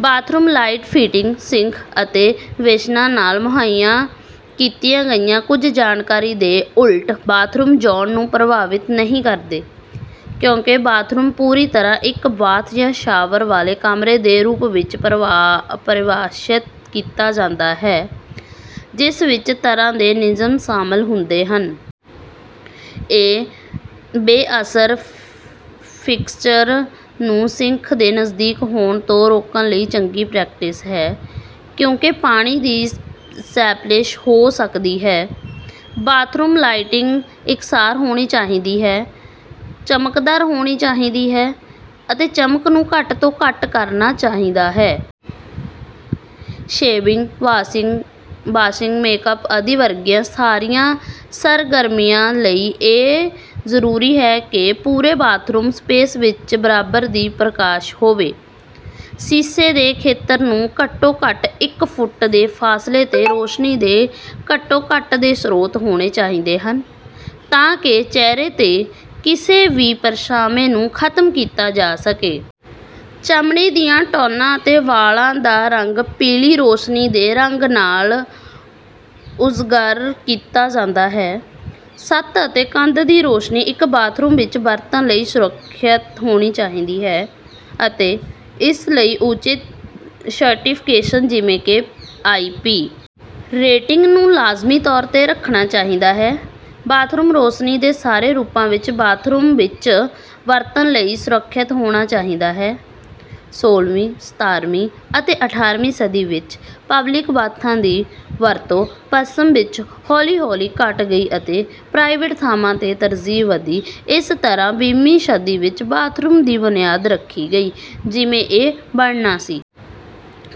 Bathroom light ਫਿਟਿੰਗਾਂ, sink ਅਤੇ ਬੇਸਿਨਾਂ ਨਾਲ ਮੁਹੱਈਆ ਕੀਤੀ ਗਈ ਕੁਝ ਜਾਣਕਾਰੀ ਦੇ ਉਲਟ ਬਾਥਰੂਮ ਜ਼ੋਨ ਨੂੰ ਪ੍ਰਭਾਵਿਤ ਨਹੀਂ ਕਰਦੇ, ਕਿਉਂਕਿ ਬਾਥਰੂਮ ਪੂਰੀ ਤਰ੍ਹਾਂ ਇੱਕ ਬਾਥ ਜਾਂ ਸ਼ਾਵਰ ਵਾਲੇ ਕਮਰੇ ਦੇ ਰੂਪ ਵਿੱਚ ਪਰਿਭਾਸ਼ਤ ਕੀਤਾ ਜਾਂਦਾ ਹੈ, ਜਿਸ ਵਿੱਚ ਤਾਰਾਂ ਦੇ ਨਿਯਮ ਸ਼ਾਮਲ ਹੁੰਦੇ ਹਨ। ਇਹ ਬੇਅਸਰ ਫਿਕਸਚਰ ਨੂੰ ਸਿੰਕ ਦੇ ਨਜ਼ਦੀਕ ਹੋਣ ਤੋਂ ਰੋਕਣ ਲਈ ਚੰਗੀ ਪ੍ਰੈਕਟਿਸ ਹੈ, ਕਿਉਂਕਿ ਪਾਣੀ ਦੀ ਸਪਲੈਸ਼ ਹੋ ਸਕਦੀ ਹੈ। ਬਾਥਰੂਮ ਲਾਈਟਿੰਗ ਇਕਸਾਰ ਹੋਣੀ ਚਾਹੀਦੀ ਹੈ, ਚਮਕਦਾਰ ਹੋਣੀ ਚਾਹੀਦੀ ਹੈ ਅਤੇ ਚਮਕ ਨੂੰ ਘੱਟ ਤੋਂ ਘੱਟ ਕਰਨਾ ਚਾਹੀਦਾ ਹੈ। ਸ਼ੇਵਿੰਗ, ਬਰੱਸ਼ਿੰਗ, ਮੇਕਅੱਪ ਆਦਿ ਵਰਗੀਆਂ ਸਾਰੀਆਂ ਸਰਗਰਮੀਆਂ ਲਈ ਇਹ ਜ਼ਰੂਰੀ ਹੈ ਕਿ ਪੂਰੇ ਬਾਥਰੂਮ ਸਪੇਸ ਵਿੱਚ ਬਰਾਬਰ ਦੀ ਪ੍ਰਕਾਸ਼ ਹੋਵੇ। ਸ਼ੀਸ਼ੇ ਦੇ ਖੇਤਰ ਨੂੰ ਘੱਟੋ-ਘੱਟ ਇੱਕ ਫੁੱਟ ਦੇ ਫਾਸਲੇ 'ਤੇ ਰੋਸ਼ਨੀ ਦੇ ਘੱਟੋ-ਘੱਟ ਦੋ ਸਰੋਤ ਹੋਣੇ ਚਾਹੀਦੇ ਹਨ ਤਾਂ ਕਿ ਚਿਹਰੇ 'ਤੇ ਕਿਸੇ ਵੀ ਪਰਛਾਵੇਂ ਨੂੰ ਖ਼ਤਮ ਕੀਤਾ ਜਾ ਸਕੇ। ਚਮੜੀ ਦੀਆਂ ਟੌਨਾਂ ਅਤੇ ਵਾਲਾਂ ਦਾ ਰੰਗ ਪੀਲੀ ਰੋਸ਼ਨੀ ਦੇ ਰੰਗ ਨਾਲ ਉਜਾਗਰ ਕੀਤਾ ਜਾਂਦਾ ਹੈ। ਛੱਤ ਅਤੇ ਕੰਧ ਦੀ ਰੌਸ਼ਨੀ ਇੱਕ ਬਾਥਰੂਮ ਵਿੱਚ ਵਰਤਣ ਲਈ ਸੁਰੱਖਿਅਤ ਹੋਣੀ ਚਾਹੀਦੀ ਹੈ ਅਤੇ ਇਸ ਲਈ ਉਚਿਤ ਸਰਟੀਫਿਕੇਸ਼ਨ ਜਿਵੇਂ ਕਿ ਆਈ.ਪੀ. ਰੇਟਿੰਗ ਨੂੰ ਲਾਜ਼ਮੀ ਤੌਰ ਤੇ ਰੱਖਣਾ ਚਾਹੀਦਾ ਹੈ। ਬਾਥਰੂਮ ਰੋਸ਼ਨੀ ਦੇ ਸਾਰੇ ਰੂਪਾਂ ਨੂੰ ਬਾਥਰੂਮ ਵਿੱਚ ਵਰਤਣ ਲਈ ਸੁਰੱਖਿਅਤ ਹੋਣਾ ਚਾਹੀਦਾ ਹੈ। ਸੋਲਵੀਂ, ਸਤਾਰਵੀਂ ਅਤੇ ਅਠਾਰਵੀਂ ਸਦੀ ਵਿੱਚ ਪਬਲਿਕ ਬਾਥਾਂ ਦੀ ਵਰਤੋਂ ਪੱਛਮ ਵਿੱਚ ਹੌਲੀ-ਹੌਲੀ ਘੱਟ ਗਈ ਅਤੇ ਪ੍ਰਾਈਵੇਟ ਥਾਵਾਂ ਦੀ ਤਰਜੀਹ ਵਧੀ, ਇਸ ਤਰ੍ਹਾਂ ਵੀਹਵੀਂ ਸਦੀ ਵਿੱਚ ਬਾਥਰੂਮ ਦੀ ਬੁਨਿਆਦ ਰੱਖੀ ਗਈ, ਜਿਵੇਂ ਇਹ ਬਣਨਾ ਸੀ।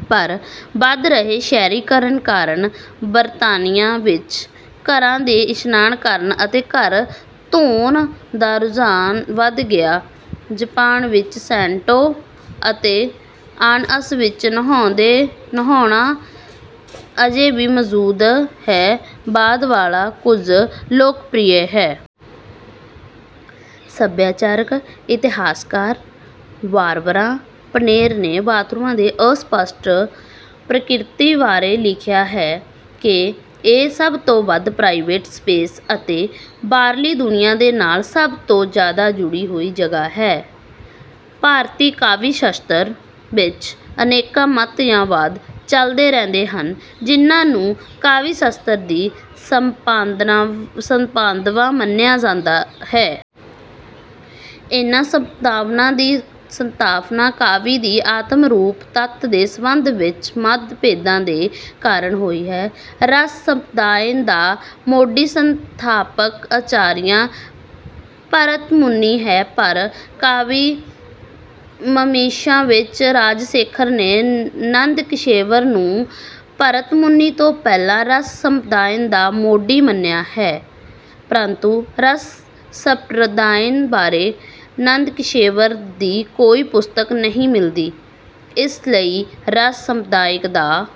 ਪਰ, ਵਧ ਰਹੇ ਸ਼ਹਿਰੀਕਰਨ ਕਾਰਨ ਬਰਤਾਨੀਆ ਵਿੱਚ ਘਰਾਂ ਵਿੱਚ ਇਸ਼ਨਾਨ ਕਰਨ ਅਤੇ ਘਰ ਧੋਣ ਦਾ ਰੁਝਾਨ ਵਧ ਗਿਆ। ਜਾਪਾਨ ਵਿੱਚ ਸੇਨਟੋ ਅਤੇ ਆੱਨਸਨ ਵਿੱਚ ਨਹਾਉਣਾ ਅਜੇ ਵੀ ਮੌਜੂਦ ਹੈ, ਬਾਅਦ ਵਾਲਾ ਬਹੁਤ ਲੋਕਪ੍ਰਿਯ ਹੈ। ਸੱਭਿਆਚਾਰਕ ਇਤਿਹਾਸਕਾਰ ਬਾਰਬਰਾ ਪੇਨੇਰ ਨੇ ਬਾਥਰੂਮ ਦੀ ਅਸਪਸ਼ਟ ਪ੍ਰਕਿਰਤੀ ਬਾਰੇ ਲਿਖਿਆ ਹੈ ਕਿ ਇਹ ਸਭ ਤੋਂ ਵੱਧ ਪ੍ਰਾਈਵੇਟ ਸਪੇਸ ਅਤੇ ਬਾਹਰਲੀ ਦੁਨੀਆਂ ਦੇ ਨਾਲ ਸਭ ਤੋਂ ਜ਼ਿਆਦਾ ਜੁੜੀ ਹੋਈ ਜਗ੍ਹਾ ਹੈ। ਭਾਰਤੀ ਕਾਵਿ-ਸ਼ਾਸਤਰ ਵਿੱਚ ਅਨੇਕਾਂ ਮੱਤ ਜਾਂ ਵਾਦ ਚੱਲਦੇ ਰਹੇ ਹਨ ਜਿਨ੍ਹਾਂ ਨੂੰ ਕਾਵਿ-ਸ਼ਾਸਤਰ ਦੀਆਂ ਸੰਪ੍ਰਦਾਵਾਂ ਮੰਨਿਆ ਜਾਂਦਾ ਹੈ। ਇਨ੍ਹਾਂ ਸੰਪ੍ਰਦਾਵਾਂ ਦੀ ਸਥਾਪਨਾ ਕਾਵਿ ਦੀ ਆਤਮਾ-ਰੂਪ ਤੱਤ ਦੇ ਸੰਬੰਧ ਵਿੱਚ ਮੱਤ-ਭੇਦਾਂ ਦੇ ਕਾਰਨ ਹੋਈ ਹੈ। ਰਸ ਸੰਪ੍ਰਦਾਇ ਦਾ ਮੋਢੀ-ਸੰਸਥਾਪਕ ਆਚਾਰੀਆ ਭਰਤਮੁਨੀ ਹੈ ਪਰ ਕਾਵਿ-ਮੀਮਾਂਸਾ ਵਿੱਚ ਰਾਜਸ਼ੇਖਰ ਨੇ ਨੰਦਿਕੇਸ਼ਵਰ ਨੂੰ ਭਰਤਮੁਨੀ ਤੋਂ ਪਹਿਲਾਂ ਰਸ ਸੰਪ੍ਰਦਾਇ ਦਾ ਮੋਢੀ ਮੰਨਿਆ ਹੈ ਪਰੰਤੂ ਰਸ ਸੰਪ੍ਰਦਾਇ ਬਾਰੇ ਨੰਦਿਕੇਸ਼ਵਰ ਦੀ ਕੋਈ ਪੁਸਤਕ ਨਹੀਂ ਮਿਲਦੀ। ਇਸ ਲਈ ਰਸ ਸੰਪ੍ਰਦਾਇ ਦਾ